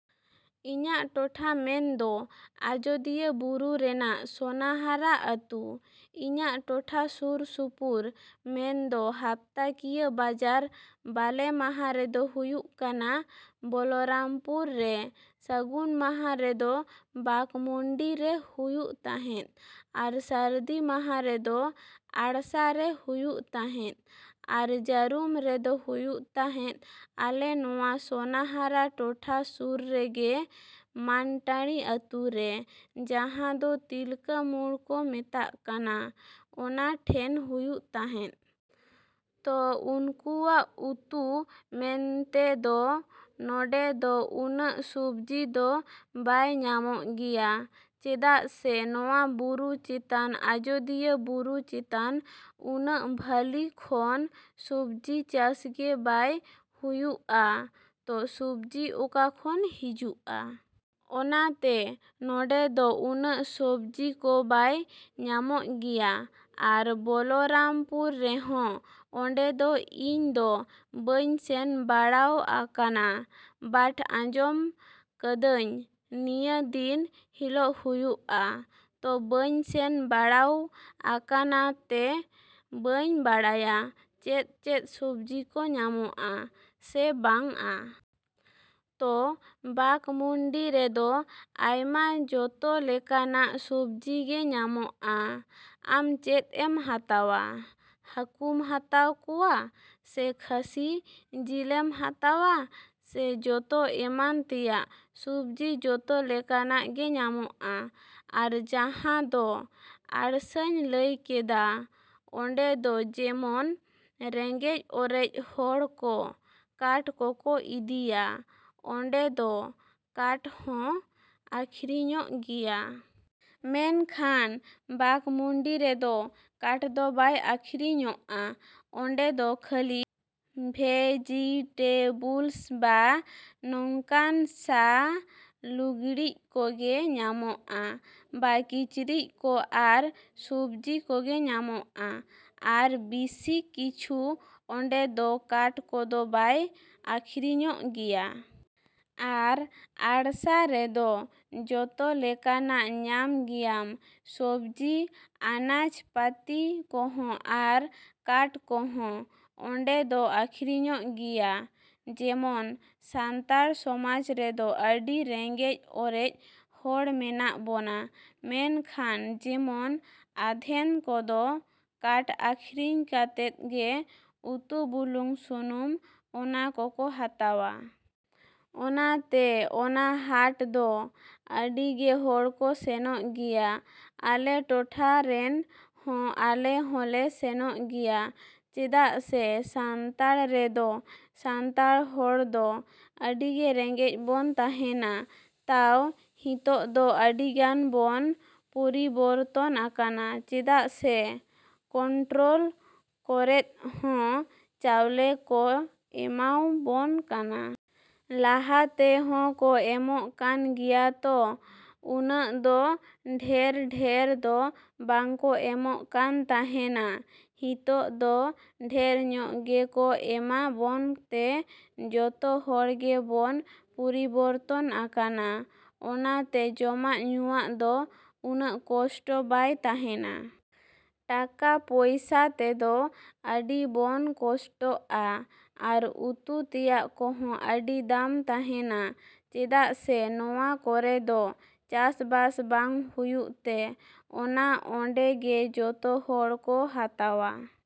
ᱤᱧᱟᱹᱜ ᱴᱚᱴᱷᱟ ᱢᱮᱱᱫᱚ ᱟᱡᱚᱫᱤᱭᱟᱹ ᱵᱩᱨᱩ ᱨᱮᱱᱟᱜ ᱥᱚᱱᱟᱦᱟᱨᱟ ᱟᱹᱛᱩ᱾ ᱤᱧᱟᱹᱜ ᱴᱚᱴᱷᱟ ᱥᱩᱨ ᱥᱩᱯᱩᱨ ᱢᱮᱱᱫᱚ ᱦᱟᱯᱛᱟᱠᱤᱭᱟᱹ ᱵᱟᱡᱟᱨ ᱵᱟᱞᱮ ᱢᱟᱦᱟ ᱨᱮᱫᱚ ᱦᱩᱭᱩᱜ ᱠᱟᱱᱟ ᱵᱚᱞᱚᱨᱟᱢᱯᱩᱨ ᱨᱮ, ᱥᱟᱜᱩᱱ ᱢᱟᱦᱟ ᱨᱮᱫᱚ ᱵᱟᱠᱢᱩᱱᱰᱤ ᱨᱮ ᱦᱩᱭᱩᱜ ᱛᱟᱦᱮᱸᱫ ᱟᱨ ᱥᱟᱨᱫᱤ ᱢᱟᱦᱟ ᱨᱮᱫᱚ ᱟᱲᱥᱟ ᱨᱮ ᱦᱩᱭᱩᱜ ᱛᱟᱦᱮᱸᱫ ᱟᱨ ᱡᱟᱨᱩᱢ ᱨᱮᱫᱚ ᱦᱩᱭᱩᱜ ᱛᱟᱦᱮᱸᱫ ᱟᱞᱮ ᱱᱚᱣᱟ ᱥᱚᱱᱟᱦᱟᱨᱟ ᱴᱚᱴᱷᱟ ᱥᱩᱨ ᱨᱮᱜᱮ ᱢᱟᱱᱴᱟᱬᱤ ᱟᱹᱛᱩ ᱨᱮ ᱡᱟᱦᱟᱸ ᱫᱚ ᱛᱤᱞᱠᱟᱹ ᱢᱳᱲ ᱠᱚ ᱢᱮᱛᱟᱜ ᱠᱟᱱᱟ, ᱚᱱᱟ ᱴᱷᱮᱱ ᱦᱩᱭᱩᱜ ᱛᱟᱦᱮᱸᱫ᱾ ᱛᱚ ᱩᱱᱠᱩᱣᱟᱜ ᱩᱛᱩ ᱢᱮᱱᱛᱮᱫᱚ ᱱᱚᱰᱮ ᱫᱚ ᱩᱱᱟᱹᱜ ᱥᱚᱵᱡᱤ ᱫᱚ ᱵᱟᱭ ᱧᱟᱢᱚᱜ ᱜᱮᱭᱟ ᱪᱮᱫᱟᱜ ᱥᱮ ᱱᱚᱣᱟ ᱵᱩᱨᱩ ᱪᱮᱛᱟᱱ, ᱟᱡᱚᱫᱤᱭᱟᱹ ᱵᱩᱨᱩ ᱪᱮᱛᱟᱱ ᱩᱱᱟᱹᱜ ᱵᱷᱟᱹᱞᱤ ᱠᱷᱚᱱ ᱥᱚᱵᱡᱤ ᱪᱟᱥ ᱜᱮ ᱵᱟᱭ ᱦᱩᱭᱩᱜᱼᱟ᱾ ᱛᱚ ᱥᱚᱵᱡᱤ ᱚᱠᱟ ᱠᱷᱚᱱ ᱦᱤᱡᱩᱜᱼᱟ? ᱚᱱᱟᱛᱮ ᱱᱚᱰᱮ ᱫᱚ ᱩᱱᱟᱹᱜ ᱥᱚᱵᱡᱤ ᱠᱚ ᱵᱟᱭ ᱧᱟᱢᱚᱜ ᱜᱮᱭᱟ᱾ ᱟᱨ ᱵᱚᱞᱚᱨᱟᱢᱯᱩᱨ ᱨᱮᱦᱚᱸ ᱚᱸᱰᱮ ᱫᱚ ᱤᱧ ᱫᱚ ᱵᱟᱹᱧ ᱥᱮᱱ ᱵᱟᱲᱟᱣ ᱟᱠᱟᱱᱟ ᱵᱟᱴ ᱟᱸᱡᱚᱢ ᱠᱟᱹᱫᱟᱹᱧ ᱱᱤᱭᱟᱹ ᱫᱤᱱ ᱦᱤᱞᱚᱜ ᱦᱩᱭᱩᱜᱼᱟ᱾ ᱛᱚ ᱵᱟᱹᱧ ᱥᱮᱱ ᱵᱟᱲᱟᱣ ᱟᱠᱟᱱᱟ ᱛᱮ ᱵᱟᱹᱧ ᱵᱟᱲᱟᱭᱟ ᱪᱮᱫ ᱪᱮᱫ ᱥᱚᱵᱡᱤ ᱠᱚ ᱧᱟᱢᱚᱜᱼᱟ ᱥᱮ ᱵᱟᱝᱼᱟ᱾ ᱛᱚ ᱵᱟᱠᱢᱩᱱᱰᱤ ᱨᱮᱫᱚ ᱟᱭᱢᱟ ᱡᱚᱛᱚ ᱞᱮᱠᱟᱱᱟᱜ ᱥᱚᱵᱡᱤ ᱜᱮ ᱧᱟᱢᱚᱜᱼᱟ᱾ ᱟᱢ ᱪᱮᱫ ᱮᱢ ᱦᱟᱛᱟᱣᱟ? ᱦᱟᱠᱩᱢ ᱦᱟᱛᱟᱣ ᱠᱚᱣᱟ ᱥᱮ ᱠᱷᱟᱹᱥᱤ ᱡᱤᱞᱮᱢ ᱦᱟᱛᱟᱣᱟ ᱥᱮ ᱡᱚᱛᱚ ᱮᱢᱟᱱ ᱛᱮᱭᱟᱜ ᱥᱚᱵᱡᱤ ᱡᱚᱛᱚ ᱞᱮᱠᱟᱱᱟᱜ ᱜᱮ ᱧᱟᱢᱚᱜᱼᱟ᱾ ᱟᱨ ᱡᱟᱦᱟᱸ ᱫᱚ ᱟᱲᱥᱟᱧ ᱞᱟᱹᱭ ᱠᱮᱫᱟ ᱚᱸᱰᱮ ᱫᱚ ᱡᱮᱢᱚᱱ ᱨᱮᱸᱜᱮᱡᱽ ᱚᱨᱮᱡ ᱦᱚᱲ ᱠᱚ ᱠᱟᱴ ᱠᱚᱠᱚ ᱤᱫᱤᱭᱟ, ᱚᱸᱰᱮ ᱫᱚ ᱠᱟᱴ ᱦᱚᱸ ᱟᱠᱷᱨᱤᱧᱚᱜ ᱜᱮᱭᱟ᱾ ᱢᱮᱱᱠᱷᱟᱱ ᱵᱟᱠᱢᱩᱱᱰᱤ ᱨᱮᱫᱚ ᱠᱟᱴ ᱫᱚ ᱵᱟᱭ ᱟᱠᱷᱨᱤᱧᱚᱜᱼᱟ᱾ ᱚᱸᱰᱮ ᱫᱚ ᱠᱷᱟᱹᱞᱤ ᱵᱷᱮᱡᱤᱴᱮᱵᱚᱞᱥ ᱵᱟ ᱱᱚᱝᱠᱟᱱ ᱥᱟ ᱞᱩᱜᱽᱲᱤᱡ ᱠᱚᱜᱮ ᱧᱟᱢᱚᱜᱼᱟ ᱵᱟ ᱠᱤᱪᱨᱤᱡ ᱠᱚ ᱟᱨ ᱥᱚᱵᱡᱤ ᱠᱚᱜᱮ ᱧᱟᱢᱚᱜᱼᱟ ᱟᱨ ᱵᱤᱥᱤ ᱠᱤᱪᱷᱩ ᱚᱸᱰᱮ ᱫᱚ ᱠᱟᱴ ᱠᱚᱫᱚ ᱵᱟᱭ ᱟᱠᱷᱨᱤᱧᱚᱜ ᱜᱮᱭᱟ᱾ ᱟᱨ ᱟᱲᱥᱟ ᱨᱮᱫᱚ ᱡᱚᱛᱚ ᱞᱮᱠᱟᱱᱟᱜ ᱧᱟᱢ ᱜᱮᱭᱟᱢ ᱥᱚᱵᱡᱤ ᱟᱱᱟᱡ ᱯᱟᱛᱤ ᱠᱚᱦᱚᱸ ᱟᱨ ᱠᱟᱴ ᱠᱚᱦᱚᱸ ᱚᱸᱰᱮ ᱫᱚ ᱟᱠᱷᱨᱤᱧᱚᱜ ᱜᱮᱭᱟ᱾ ᱡᱮᱢᱚᱱ ᱥᱟᱱᱛᱟᱲ ᱥᱚᱢᱟᱡᱽ ᱨᱮᱫᱚ ᱟᱹᱰᱤ ᱨᱮᱸᱜᱮᱡᱽ ᱚᱨᱮᱡ ᱦᱚᱲ ᱢᱮᱱᱟᱜ ᱵᱚᱱᱟ᱾ ᱢᱮᱱᱠᱷᱟᱱ ᱡᱮᱢᱚᱱ ᱟᱫᱷᱮᱱ ᱠᱚᱫᱚ ᱠᱟᱴ ᱟᱠᱷᱨᱤᱧ ᱠᱟᱛᱮᱫ ᱜᱮ ᱩᱛᱩ ᱵᱩᱞᱩᱝ ᱥᱩᱱᱩᱢ ᱚᱱᱟ ᱠᱚᱠᱚ ᱦᱟᱛᱟᱣᱟ᱾ ᱚᱱᱟᱛᱮ ᱚᱱᱟ ᱦᱟᱴ ᱫᱚ ᱟᱹᱰᱤ ᱜᱮ ᱦᱚᱲ ᱠᱚ ᱥᱮᱱᱚᱜ ᱜᱮᱭᱟ ᱟᱞᱮ ᱴᱚᱴᱷᱟ ᱨᱮᱱ ᱦᱚᱸ, ᱟᱞᱮ ᱦᱚᱸ ᱞᱮ ᱥᱮᱱᱚᱜ ᱜᱮᱭᱟ ᱪᱮᱫᱟᱜ ᱥᱮ ᱥᱟᱱᱛᱟᱲ ᱨᱮᱫᱚ ᱥᱟᱱᱛᱟᱲ ᱦᱚᱲ ᱫᱚ ᱟᱹᱰᱤ ᱜᱮ ᱨᱮᱸᱜᱮᱡᱽ ᱵᱚᱱ ᱛᱟᱦᱮᱱᱟ᱾ ᱛᱟᱣ ᱦᱤᱛᱚᱜ ᱫᱚ ᱟᱹᱰᱤ ᱜᱟᱱ ᱵᱚᱱ ᱯᱚᱨᱤᱵᱚᱨᱛᱚᱱ ᱟᱠᱟᱱᱟ ᱪᱮᱫᱟᱜ ᱥᱮ ᱠᱚᱱᱴᱨᱚᱞ ᱠᱚᱨᱮᱫ ᱦᱚᱸ ᱪᱟᱣᱞᱮ ᱠᱚ ᱮᱢᱟᱣ ᱵᱚᱱ ᱠᱟᱱᱟ᱾ ᱞᱟᱦᱟᱛᱮ ᱦᱚᱸ ᱠᱚ ᱮᱢᱚᱜ ᱠᱟᱱ ᱜᱮᱭᱟ ᱛᱚ ᱩᱱᱟᱹᱜ ᱫᱚ ᱰᱷᱮᱨ ᱰᱷᱮᱨ ᱫᱚ ᱵᱟᱝ ᱠᱚ ᱮᱢᱚᱜ ᱠᱟᱱ ᱛᱟᱦᱮᱱᱟ᱾ ᱦᱤᱛᱚᱜ ᱫᱚ ᱰᱷᱮᱨ ᱧᱚᱜ ᱜᱮ ᱠᱚ ᱮᱢᱟ ᱵᱚᱱ ᱛᱮ ᱡᱚᱛᱚ ᱦᱚᱲ ᱜᱮ ᱵᱚᱱ ᱯᱚᱨᱤᱵᱚᱨᱛᱚᱱ ᱟᱠᱟᱱᱟ᱾ ᱚᱱᱟᱛᱮ ᱡᱚᱢᱟᱜ ᱧᱩᱣᱟᱜ ᱫᱚ ᱩᱱᱟᱹᱜ ᱠᱚᱥᱴᱚ ᱵᱟᱭ ᱛᱟᱦᱮᱱᱟ᱾ ᱴᱟᱠᱟ ᱯᱚᱭᱥᱟ ᱛᱮᱫᱚ ᱟᱹᱰᱤ ᱵᱚᱱ ᱠᱚᱥᱴᱚᱜᱼᱟ ᱟᱨ ᱩᱛᱩ ᱛᱮᱭᱟᱜ ᱠᱚᱦᱚᱸ ᱟᱹᱰᱤ ᱫᱟᱢ ᱛᱟᱦᱮᱱᱟ ᱪᱮᱫᱟᱜ ᱥᱮ ᱱᱚᱣᱟ ᱠᱚᱨᱮ ᱫᱚ ᱪᱟᱥᱵᱟᱥ ᱵᱟᱝ ᱦᱩᱭᱩᱜ ᱛᱮ ᱚᱱᱟ ᱚᱸᱰᱮ ᱜᱮ ᱡᱚᱛᱚ ᱦᱚᱲ ᱠᱚ ᱦᱟᱛᱟᱣᱟ᱾